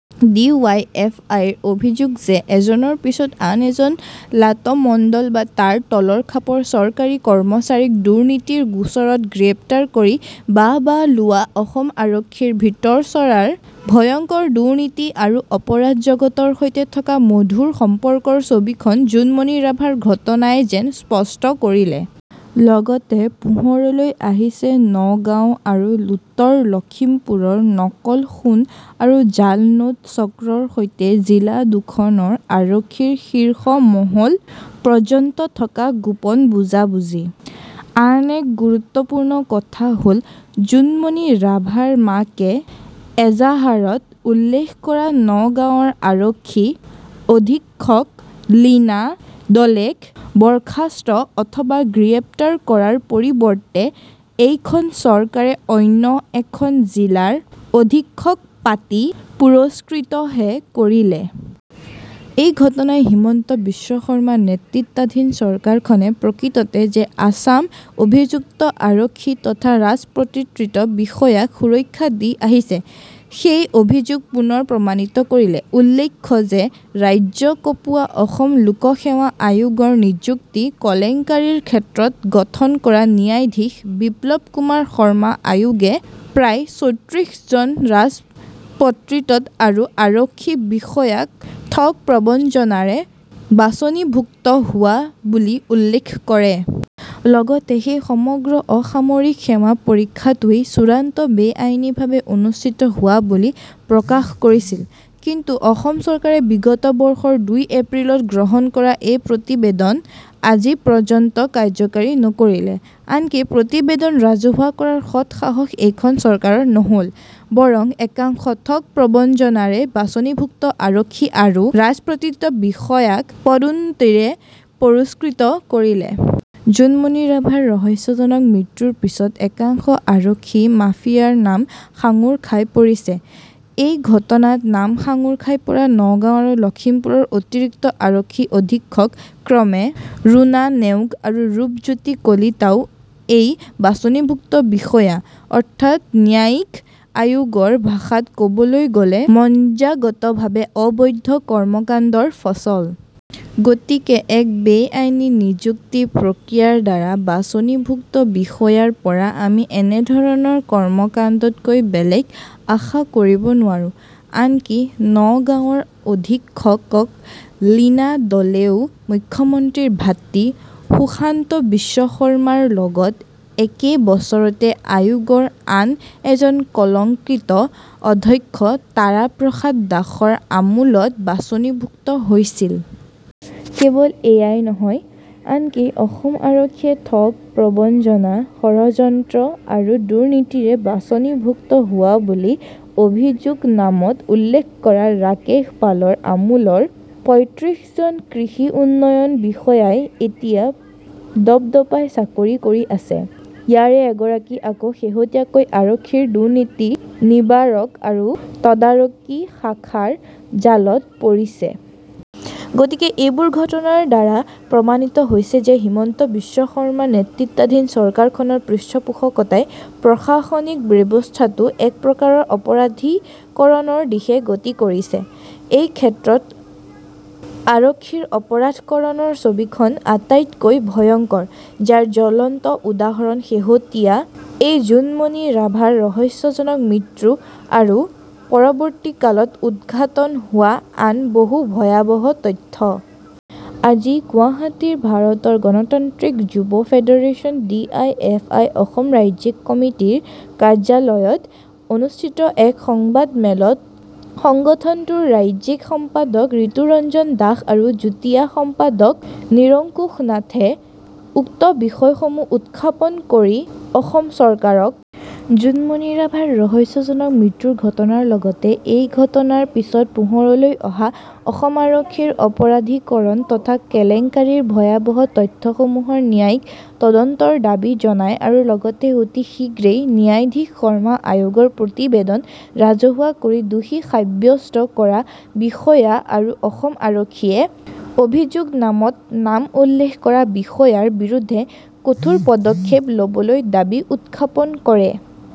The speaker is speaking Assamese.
ডি ৱাই এফ আইৰ অভিযোগ যে এজনৰ পিছত আন এজন লাট মণ্ডল বা তাৰ তলৰ খাপৰ চৰকাৰী কৰ্মচাৰীক দুৰ্নীতিৰ গোচৰত গ্ৰেপ্তাৰ কৰি বাহ বাহ লোৱা অসম আৰক্ষীৰ ভিতৰচৰাৰ ভয়ংকৰ দুৰ্নীতি আৰু অপৰাধ জগতৰ সৈতে থকা মধুৰ সম্পৰ্কৰ ছবিখন জোনমণি ৰাভাৰ ঘটনাই যেন স্পষ্ট কৰিলে। লগতে পোহৰলৈ আহিছে নগাঁও আৰু উত্তৰ লক্ষীমপুৰৰ নকল সোণ আৰু জাল নোট চক্ৰৰ সৈতে জিলা দুখনৰ আৰক্ষীৰ শীৰ্ষ মহল পৰ্যন্ত থকা গোপন বুজাবুজি। আন এক গুৰুত্বপূৰ্ণ কথা হল জোনমণি ৰাভাৰ মাকে এজাহাৰত উল্লেখ কৰা নগাঁৱৰ আৰক্ষী অধীক্ষক লীনা দলেক বৰ্খাস্ত অথবা গ্ৰেপ্তাৰ কৰাৰ পৰিৱৰ্তে এইখন চৰকাৰে অন্য এখন জিলাৰ অধীক্ষক পাতি পুৰস্কৃতহে কৰিলে। এই ঘটনাই হিমন্ত বিশ্ব শৰ্মা নেতৃত্বাধীন চৰকাৰখনে প্ৰকৃততে যে এচাম অভিযুক্ত আৰক্ষী তথা ৰাজপত্ৰিত বিষয়াক সুৰক্ষা দি আহিছে, সেই অভিযোগ পুনৰ প্ৰমাণিত কৰিলে। উল্লেখ্য যে ৰাজ্য কঁপোৱা অসম লোকসেৱা আয়োগৰ নিযুক্তি কেলেংকাৰীৰ ক্ষেত্ৰত গঠন কৰা ন্যায়াধীশ বিপ্লৱ কুমাৰ শৰ্মা আয়োগে প্ৰায় চৌত্ৰিশ জন ৰাজপত্ৰিত আৰু আৰক্ষী বিষয়াক ঠগ প্ৰবঞ্চনাৰে বাছনিভুক্ত হোৱা বুলি উল্লেখ কৰে। লগতে সেই সমগ্ৰ অসামৰিক সেৱা পৰীক্ষাটোৱেই চূড়ান্ত বেআইনীভাৱে অনুষ্ঠিত হোৱা বুলি প্ৰকাশ কৰিছিল। কিন্তু অসম চৰকাৰে বিগত বৰ্ষৰ দুই এপ্ৰিলত গ্ৰহণ কৰা এই প্ৰতিবেদন আজিপৰ্যন্ত কাৰ্যকৰী নকৰিলে। আনকি প্ৰতিবেদন ৰাজহুৱা কৰাৰ সৎ সাহস এইখন চৰকাৰৰ নহল, বৰং একাংশ ঠগ প্ৰবঞ্চনাৰে বাছনিভুক্ত আৰক্ষী আৰু ৰাজপত্ৰিত বিষয়াক পদোন্নতিৰে পুৰস্কৃত কৰিলে। জোনমণি ৰাভাৰ ৰহস্যজনক মৃত্যুৰ পিছত একাংশ আৰক্ষী মাফিয়াৰ নাম সাঙোৰ খাই পৰিছে। এই ঘটনাত নাম সাঙোৰ খাই পৰা নগাঁও আৰু লক্ষীমপুৰৰ অতিৰিক্ত আৰক্ষী অধীক্ষক ক্ৰমে ৰুণা নেওগ আৰু ৰূপজ্যোতি কলিতাও এই বাছনিভুক্ত বিষয়া, অৰ্থাৎ ন্যায়িক আয়োগৰ ভাষাত কবলৈ গলে মজ্জাগতভাৱে অবৈধ কৰ্মকাণ্ডৰ ফচল। গতিকে এক বেআইনী নিযুক্তি প্ৰক্ৰিয়াৰ দ্বাৰা বাছনিভুক্ত বিষয়াৰ পৰা আমি এনেধৰণৰ কৰ্মকাণ্ডতকৈ বেলেগ আশা কৰিব নোৱাৰো। আনকি নগাঁৱৰ অধীক্ষক লীনা দলেও মুখ্যমন্ত্ৰীৰ ভাতৃ সুশান্ত বিশ্ব শৰ্মাৰ লগত একে বছৰতে আয়োগৰ আন এজন কলংকিত অধ্যক্ষ তাৰাপ্ৰসাদ দাসৰ আমোলত বাছনিভুক্ত হৈছিল। কেৱল এয়াই নহয়, আনকি অসম আৰক্ষীয়ে ঠগ, প্ৰবঞ্চনা, ষড়যন্ত্ৰ আৰু দুৰ্নীতিৰে বাছনিভুক্ত হোৱা বুলি অভিযোগনামাত উল্লেখ কৰা ৰাকেশ পালৰ আমোলৰ পয়ঁত্ৰিশ জন কৃষি উন্নয়ন বিষয়াই এতিয়া দপদপাই চাকৰি কৰি আছে। ইয়াৰে এগৰাকী আকৌ শেহতীয়াকৈ আৰক্ষীৰ দুৰ্নীতি নিবাৰক আৰু তদাৰকী শাখাৰ জালত পৰিছে। গতিকে এইবোৰ ঘটনাৰ দ্বাৰা প্ৰমাণিত হৈছে যে হিমন্ত বিশ্ব শৰ্মা নেতৃত্বাধীন চৰকাৰখনৰ পৃষ্ঠপোষকতাতেই প্ৰশাসনিক ব্যৱস্থাটো একপ্ৰকাৰৰ অপৰাধীকৰণৰ দিশে গতি কৰিছে। এইক্ষেত্ৰত আৰক্ষীৰ অপৰাধীকৰণৰ ছবিখন আটাইতকৈ ভয়ংকৰ, যাৰ জ্বলন্ত উদাহৰণ শেহতীয়া এই জোনমণি ৰাভাৰ ৰহস্যজনক মৃত্যু আৰু পৰৱৰ্তীকালত উদ্ঘাটন হোৱা আন বহু ভয়াবহ তথ্য। আজি গুৱাহাটীৰ ভাৰতৰ গণতান্ত্ৰিক যুৱ federation D Y F I Assam ৰাজ্যিক কমিটিৰ কাৰ্যালয়ত অনুষ্ঠিত এক সংবাদমেলত সংগঠনটোৰ ৰাজ্যিক সম্পাদক ৰিতুৰঞ্জন দাস আৰু যুটীয়া সম্পাদক নিৰংকুশ নাথে উক্ত বিষয়সমূহ উত্থাপন কৰি অসম চৰকাৰক জোনমণি ৰাভাৰ ৰহস্যজনক মৃত্যুৰ ঘটনাৰ লগতে এই ঘটনাৰ পিছত পোহৰলৈ অহা অসম আৰক্ষীৰ অপৰাধীকৰণ তথা কেলেংকাৰীৰ ভয়াবহ তথ্যসমূহৰ ন্যায়িক তদন্তৰ দাবী জনায় আৰু লগতে অতি শীঘ্ৰেই ন্যায়াধীশ শৰ্মা আয়োগৰ প্ৰতিবেদন ৰাজহুৱা কৰি দোষী সাব্যস্ত কৰা বিষয়া আৰু অসম আৰক্ষীয়ে অভিযোগনামাত নাম উল্লেখ কৰা বিষয়াৰ বিৰুদ্ধে কঠোৰ পদক্ষেপ লবলৈ দাবী উত্থাপন কৰে।